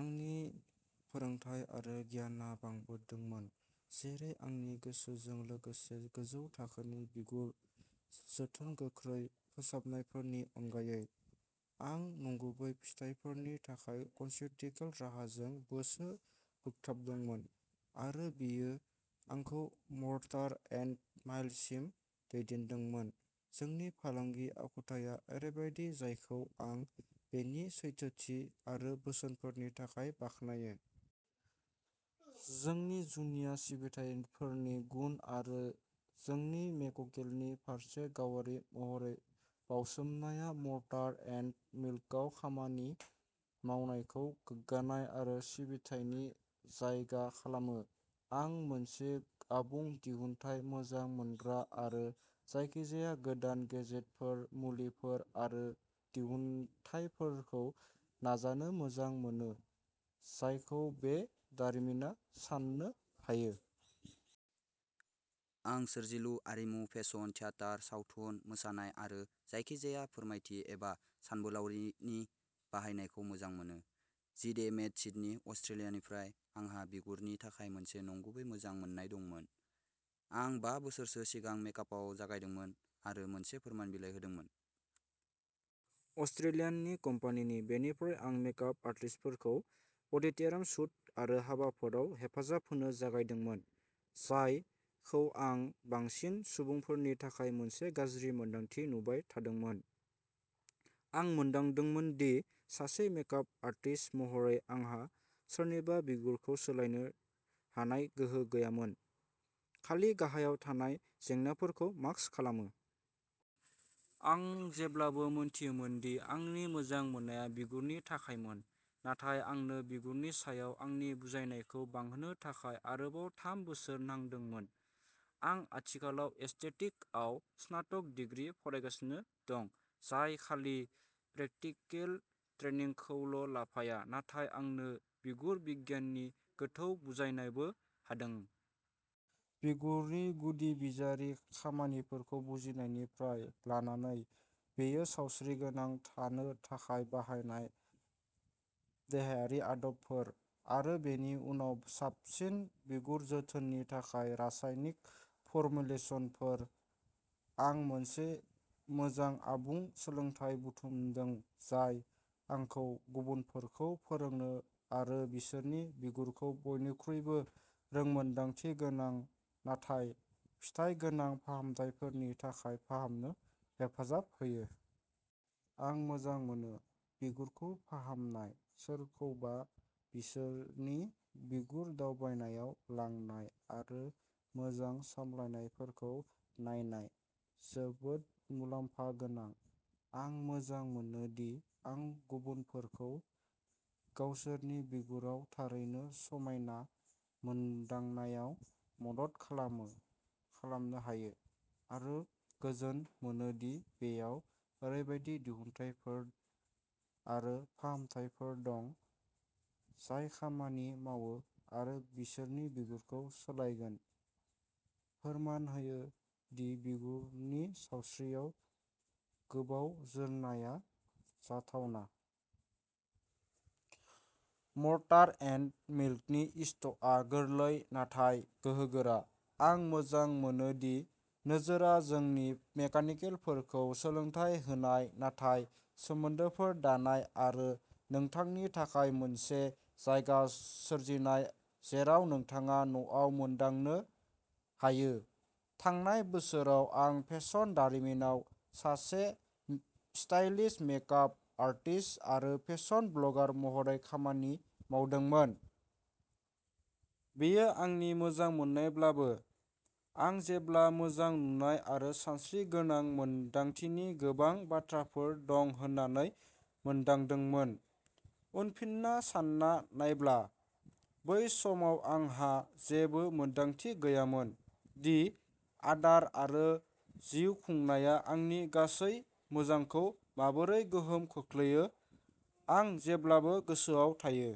आंनि फोरोंथाय आरो गियानआ बांदोंमोन जेरै आंनि गोसोजों लोगोसे गोजौ थाखोनि बिगुर जोथोन गोख्रै फोसाबनायफोरनि अनगायै, आं नंगुबै फिथायफोरनि थाखाय कस्युटिकेल राहाजों गोसो बोगथाबदोंमोन आरो बेयो आंखौ मर्टार एन्ड माइलसिम दैदेनदोंमोन। जोंनि फालांगि आखुथाइआ ओरैबायदि जायखौ आं बेनि सैथोथि आरो बोसोनफोरनि थाखाय बाख्नायो। जोंनि जुनिया सिबिथाइफोरनि गुन आरो जोंनि मेककेलनि फारसे गावारि महरै बावसोमनाया मर्टार एन्ड मिल्कआव खामानि मावनायखौ गोग्गानाय आरो सिबिथायनि जायगा खालामो। आं मोनसे आबुं दिहुनथाय मोजां मोनग्रा आरो जायखिजाया गोदान गेजेटफोर, मुलिफोर आरो दिहुनथायफोरखौ नाजानो मोजां मोनो, जायखौ बे दारिमिना साननो हायो। आं सोरजिलु, आरिमु, फेसन, थियाटार, सावथुन, मोसानाय आरो जायखिजाया फोरमायथि एबा सानबोलावरिनि बाहायनायखौ मोजां मोनो। जिडे मेट सिडनी अस्ट्रेलियानिफ्राय आंहा बिगुरनि थाखाय मोनसे नंगुबै मोजां मोन्नाय दंमोन। आं बा बोसोरसो सिगां मेकआपआव जागायदोंमोन आरो मोनसे फोरमान बिलाइ होदोंमोन। अस्ट्रेलियाननि कम्पानि, बैनिफ्राय आं मेकआप आर्टिस्टफोरखौ अडिट'रियाम शूट आरो हाबाफोराव हेफाजाब होनो जागायदोंमोन, बायखौ आं बांसिन सुबुंफोरनि थाखाय मोनसे गाज्रि मोन्दांथि नुबाय थादोंमोन, आं मोनदांदोंमोन दि सासे मेकआप आर्टिस्ट महरै आंहा सोरनिबा बिगुरखौ सोलायनो हानाय गोहो गैयामोन, खालि गाहायाव थानाय जेंनाफोरखौ मास्क खालामो। आं जेब्लाबो मोथियोमोन दि आंनि मोजां मोननाया बिगुरनि थाखायमोन, नाथाय आंनो बिगुरनि सायाव आंनि बुजायनायखौ बांहोनो थाखाय आरोबाव थाम बोसोर नांदोंमोन। आं आथिखालाव एस्थेटिकआव स्नातक डिग्री फरायगासिनो दं, जाय खालि प्रेकटिकल ट्रेइनिंखौल' लाफाया, नाथाय आंनो बिगुर-बिगियाननि गोथौ बुजायनायबो हादों। बिगुरनि गुदि बिजारि खामानिफोरखौ बुजिनायनिफ्राय लानानै बेयो सावस्रिगोनां थानो थाखाय बाहायनाय देहायारि आदबफोर आरो बेनि उनाव साबसिन बिगुर जोथोननि थाखाय रासायनिक फर्मुलेसनफोर, आं मोनसे मोजां आबुं सोलोंथाय बुथुमदों जाय आंखौ गुबुनफोरखौ फोरोंनो आरो बिसोरनि बिगुरखौ बयनिख्रुइबो रोंमोनदांथिगोनां नाथाय फिथाय गोनां फाहामथायफोरनि थाखाय फाहामनो हेफाजाब होयो। आं मोजां मोनो। बिगुरखौ फाहामनाय, सोरखौबा बिसोरनि बिगुर दावबायनायाव लांनाय आरो मोजां सामलायनायफोरखौ नायनाय जोबोद मुलाम्फा गोनां। आं मोजां मोनो दि आं गुबुनफोरखौ गावसोरनि बिगुराव थारैनो समायना मोनदांनायाव मदद खालामो खालामनो हायो आरो गोजोन मोनो दि बेयाव ओरैबायदि दिहुनथायफोर आरो फाहामथायफोर दं जाय खामानि मावो आरो बिसोरनि बिगुरखौ सोलायगोन, फोरमान होयो दि बिगुरनि सावस्रियाव गोबाव जोरनाया जाथावना। मर्टार एन्ड मिल्कनि इसथ'आ गोरलै नाथाय गोहोगोरा, आं मोजां मोनो दि नोजोरआ जोंनि मेकानिकेलफोरखौ सोलोंथाय होनाय नाथाय सोमोन्दोफोर दानाय आरो नोंथांनि थाखाय मोनसे जायगा सोरजिनाय जेराव नोंथाङा न'आव मोनदांनो हायो। थांनाय बोसोराव आं फेशन दारिमिनाव सासे स्टाइलिस्ट, मेक-आप आर्टिस्ट आरो फेशन ब्लगार महरै खामानि मावदोंमोन। बेयो आंनि मोजांमोननायब्लाबो, आं जेब्ला मोजां नुनाय आरो सावस्रिगोनां मोनदांथिनि गोबां बाथ्राफोर दं होन्नानै मोनदांदोंमोन। उनफिनना सानना नायब्ला, बै समाव आंहा जेबो मोनदांथि गैयामोन दि आदार आरो जिउ खुंनाया आंनि गासै मोजांखौ माबोरै गोहोम खोख्लैयो। आं जेब्लाबो गोसोआव थायो।